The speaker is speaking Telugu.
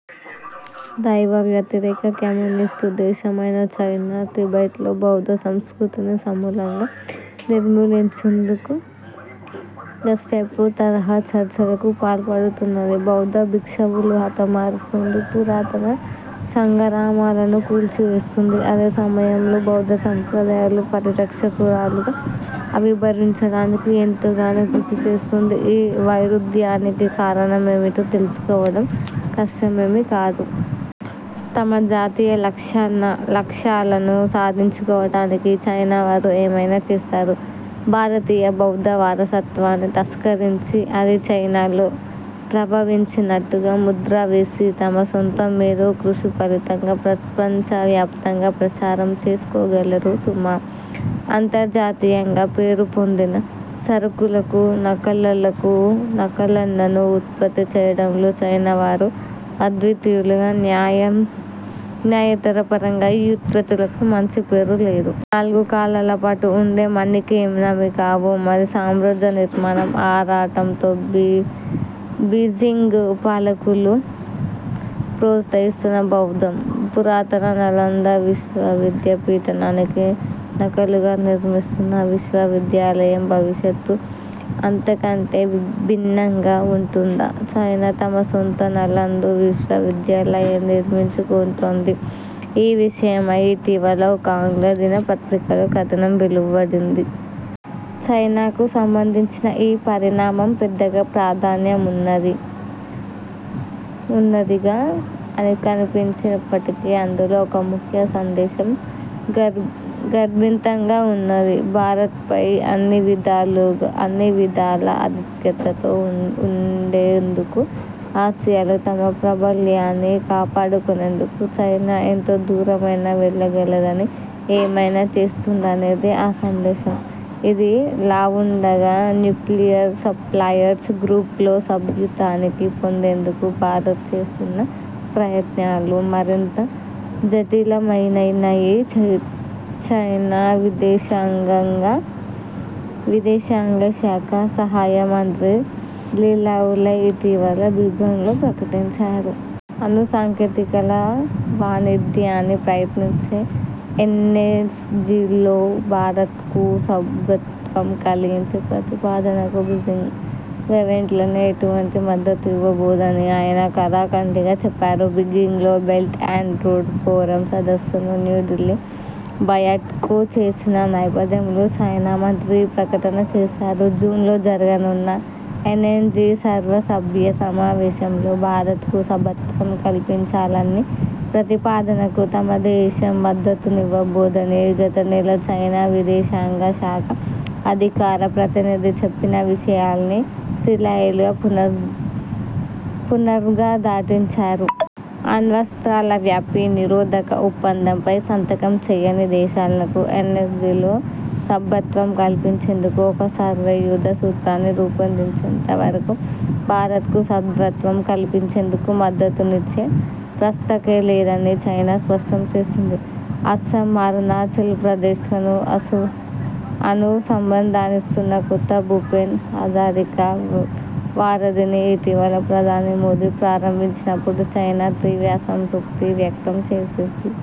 దైవ వ్యతిరేక కమ్యూనిస్టు దేశమైన చైనా, టిబెట్లో బౌద్ధ సంస్కృతిని సమూలంగా నిర్మూలించేందుకు గెస్టపో తరహా చర్యలకు పాల్పడుతున్నది. బౌద్ధ భిక్షువులను హతమారుస్తోంది. పురాతన సంఘారామాలను కూల్చివేస్తోంది. అదే సమయంలో బౌద్ధసంప్రదాయాల పరిరక్షకురాలుగా ఆవిర్భవించడానికి ఎంతగానో కృషిచేస్తోంది. ఈ వైరుధ్యానికి కారణాలేమిటో తెలుసుకోవడం కష్టమేమీ కాదు. తమ జాతీయలక్ష్యాలను సాధించుకోవడానికి చైనావారు ఏమైనా చేస్తారు– భారతీయ బౌద్ధ వారసత్వాన్ని తస్కరించి, అది చైనాలో ప్రభవించినట్టుగా ముద్రవేసి తమ సొంత మేధో కృషి ఫలితంగా ప్రపంచవ్యాప్తంగా ప్రచారం చేసుకోగలరు సుమా! అంతర్జాతీయంగా పేరు పొందిన సరుకులకు నకళ్లను ఉత్పత్తి చేయడంలో చైనావారు అద్వితీయులు. న్యాయతరపరంగా ఆ ఉత్పత్తులకు మంచి పేరు లేదు. నాలుగు కాలాలపాటు ఉండే మన్నికైనవీ కావు. మరి సామ్రాజ్య నిర్మాణ ఆరాటంతో బీజింగ్ పాలకులు ప్రోత్సహిస్తున్న బౌద్ధం, పురాతన నలంద విశ్వవిద్యాపీఠాననికి నకలుగా నిర్మిస్తున్న విశ్వవిద్యాలయం భవిష్యత్తు అంతకంటే భిన్నంగా వుంటుందా? చైనా తన సొంత నలంద్ విశ్వవిద్యాలయ నిర్మించుకొంటోంది! ఈ విష యమై ఇటీవల ఒక ఆంగ్ల దిన పత్రికలో కథనం వెలువడింది. చైనాకు సంబంధించిన ఈ పరిణామం పెద్దగా ప్రాధాన్యమున్నదిగా కన్పించనప్పటికీ, అందులో ఒక ముఖ్య సందేశం గర్భితంగా వున్నది. భారత్పై అన్నివిధాలా ఆధిక్యతతో వుండేందుకు, ఆసియాలో తన ప్రాబల్యాన్ని కాపాడుకొనేందుకు చైనా ఎంత దూరమైనా వెళ్ళగలదని, ఏమైనా చేస్తుందనేదే ఆ సందేశం. ఇదిలావుండగా, న్యూక్లియర్ సప్లయిర్స్ గ్రూప్ లో సభ్యత్వాన్ని పొందేందుకు భారత్ చేస్తున్న ప్రయత్నాలు 'మరింత జటిలమయ్యాయని' చైనా విదేశాంగశాఖ సహాయమంత్రి లీలా హుయిలై ఇటీవల బీజింగ్లో ప్రకటించారు. అణు సాంకేతికతల వాణిజ్యాన్ని ప్రయంత్నించే ఎన్ఎస్జీలో భారత్కు సభ్యత్వం కల్పించే ప్రతిపాదనకు బీజింగ్ వెన్వెంటనే ఎటువంటి మద్దతు ఇవ్వబోదని ఆయన ఖరాఖండీగా చెప్పారు. బీజింగ్లో బెల్ట్ అండ్ రోడ్ ఫోరం సదస్సును న్యూఢిల్లీ బాయ్కాట్ చేసిన నేపథ్యంలో చైనా మంత్రి ఈ ప్రకటన చేశారు. జూన్లో జరగనున్న ఎన్ఎస్జీ సర్వసభ్య సమావేశంలో భారత్కు సభ్యత్వం కల్పించాలన్న ప్రతిపాదనకు తమ దేశం మద్దతునివ్వబోదని గత నెల చైనా విదేశాంగ శాఖ అధికార ప్రతినిధి చెప్పిన విషయాన్నే లీ హుయిలై పునరుద్ఘాటించారు. అణ్వస్త్రాల వ్యాప్తి నిరోధక ఒప్పందంపై సంతకం చేయని దేశాలకు ఎన్ఎస్జీలో సభ్యత్వం కల్పించేందుకు ఒక సర్వాయోద సూత్రాన్ని రూపొందించేంత వరకు భారత్కు సభ్యత్వం కల్పించేందుకు మద్దతునిచ్చే ప్రసక్తే లేదని చైనా స్పష్టం చేసింది. అసోం, అరుణాచల్ప్రదేశ్లను అనుసంధానిస్తున్న కొత్త భూపేన్ హజారికా వారధిని ఇటీవల ప్రధాని మోదీ ప్రారంభించినప్పుడు చైనా తీవ్ర అసం తృప్తి వ్యక్తం చేసింది.